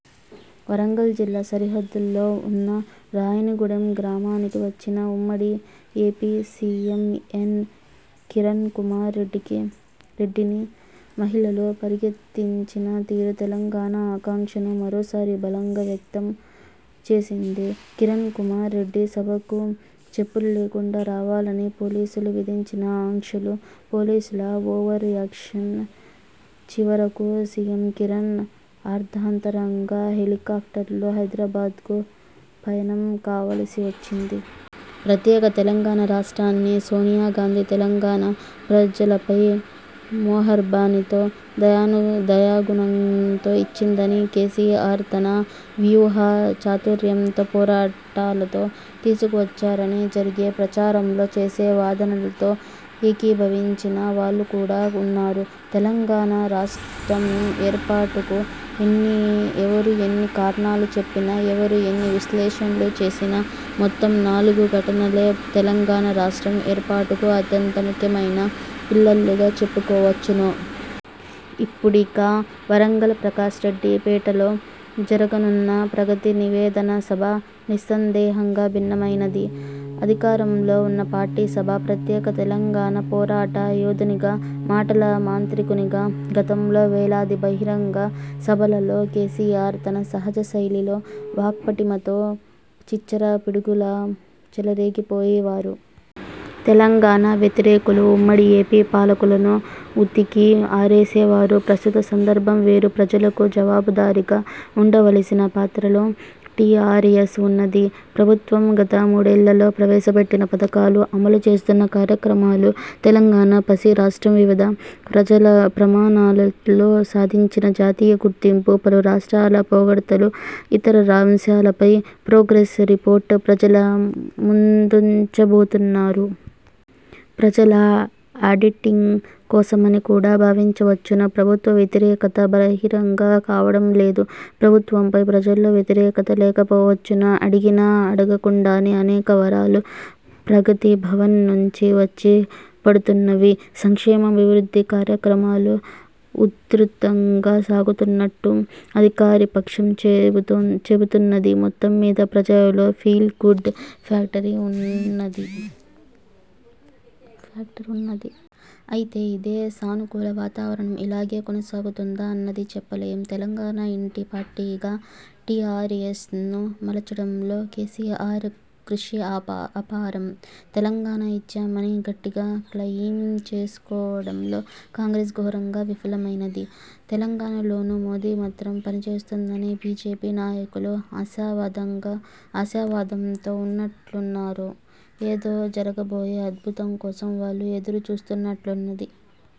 వరంగల్ జిల్లా సరిహద్దుల్లో ఉన్న రాయినిగూడెం గ్రామానికి వచ్చిన ఉమ్మడి AP CM N. Kiran Kumar రెడ్డిని మహిళలు పరిగెత్తించిన తీరు తెలంగాణ ఆకాంక్షను మరోసారి బలంగా వ్యక్తం చేసింది. కిరణ్ కుమార్ రెడ్డి సభకు చెప్పులు లేకుండా రావాలని పోలీసులు విధించిన ఆంక్షలు, పోలీసుల ఓవర్ యాక్షన్ చివరకు సీఎం కిరణ్ అర్ధాంతరంగా హెలికాప్టర్లో హైదారాబాద్కు పయనం కావలసి వచ్చింది. ప్రత్యేక తెలంగాణ రాష్ట్రాన్ని సోనియాగాంధీ తెలంగాణ ప్రజలపై 'మెహర్బానీ'తో, దయాగుణంతో ఇచ్చిందనీ, కేసీఆర్ తన వ్యూహ చాతుర్యంతో, పోరాటాలతో తీసుకువచ్చారనీ జరిగే ప్రచారంతో, చేసే వాదనలతో ఏకీభవించిని వాళ్ళు కూడా ఉన్నారు. తెలంగాణ రాష్ట్రం ఏర్పాటుకు ఎవరు ఎన్ని కారణాలు చెప్పినా, ఎవరు ఎన్ని విశ్లేషణలు చేసినా మొత్తం నాలుగు ఘటనలే తెలంగాణ రాష్ట్రం ఏర్పాటుకు అత్యంత ముఖ్యమైన పిల్లర్లుగా చెప్పుకోవచ్చును. ఇప్పుడిక వరంగల్ ప్రకాష్ రెడ్డి పేటలో జరగనున్న 'ప్రగతి నివేదన సభ' నిస్సందేహంగా భిన్నమైనది. అధికారంలో ఉన్న పార్టీ సభ. ప్రత్యేక తెలంగాణ పోరాట యోధునిగా, మాటల మాంత్రికునిగా గతంలో వేలాది బహిరంగ సభలలో కేసీఆర్ తన సహజ శైలిలో, వాక్పటిమతో చిచ్చర పిడుగులా చెలరేగిపోయేవారు. తెలంగాణ వ్యతిరేకులు, ఉమ్మడి ఏపీ పాలకులను ఉతికి ఆరేసేవారు. ప్రస్తుత సందర్భం వేరు. ప్రజలకు జవాబుదారీగా ఉండవలసిన పాత్రలో టీఆర్ఎస్ ఉన్నది. ప్రభుత్వం గత మూడేళ్లలో ప్రవేశపెట్టిన పథకాలు, అమలు చేస్తున్న కార్యక్రమాలు, తెలంగాణ పసి రాష్ట్రం వివిధ ప్రమాణాలలో సాధించిన జాతీయ గుర్తింపు, పలు రాష్ట్రాల పొగడ్తలు, ఇతర అంశాలపై 'ప్రోగ్రెస్ రిపోర్టు' ప్రజల ముందుంచబోతున్నారు. ప్రజల ఆడిటింగ్ కోసమని కూడా భావించవచ్చును. ప్రభుత్వ వ్యతిరేకత బహిరంగం కావడం లేదు. ప్రభుత్వంపై ప్రజల్లో వ్యతిరేకత లేకపోవచ్చును. అడిగినా, అడగకుండానే అనేక వరాలు 'ప్రగతి భవన్' నుంచి వచ్చి పడుతున్నవి. సంక్షేమం, అభివృద్ధి కార్యక్రమాలు ఉధృతంగా సాగుతున్నట్టు అధికారపక్షం చెబుతున్నది. మొత్తంమీద ప్రజలలో 'ఫీల్ గుడ్' ఫ్యాక్టర్ ఉన్నది. అయితే ఇదే సానుకూల వాతావరణం ఇలాగే కొనసాగుతుందా అన్నది చెప్పలేం. తెలంగాణ ఇంటి పార్టీగా టీఆర్ఎస్ను మలచడంలో కేసీఆర్ కృషి అపారం. తెలంగాణ ఇచ్చామని గట్టిగా క్లయిం చేసుకోవడంలో కాంగ్రెస్ ఘోరంగా విఫలమైనది. తెలంగాణలోనూ మోదీ మంత్రం పనిచేస్తుందని బీజేపీ నాయకులు ఆశావాదంతో ఉన్నట్లున్నారు. ఏదో జరగబోయే 'అద్భుతం' కోసం వాళ్ళు ఎదురు చూస్తున్నట్లున్నది.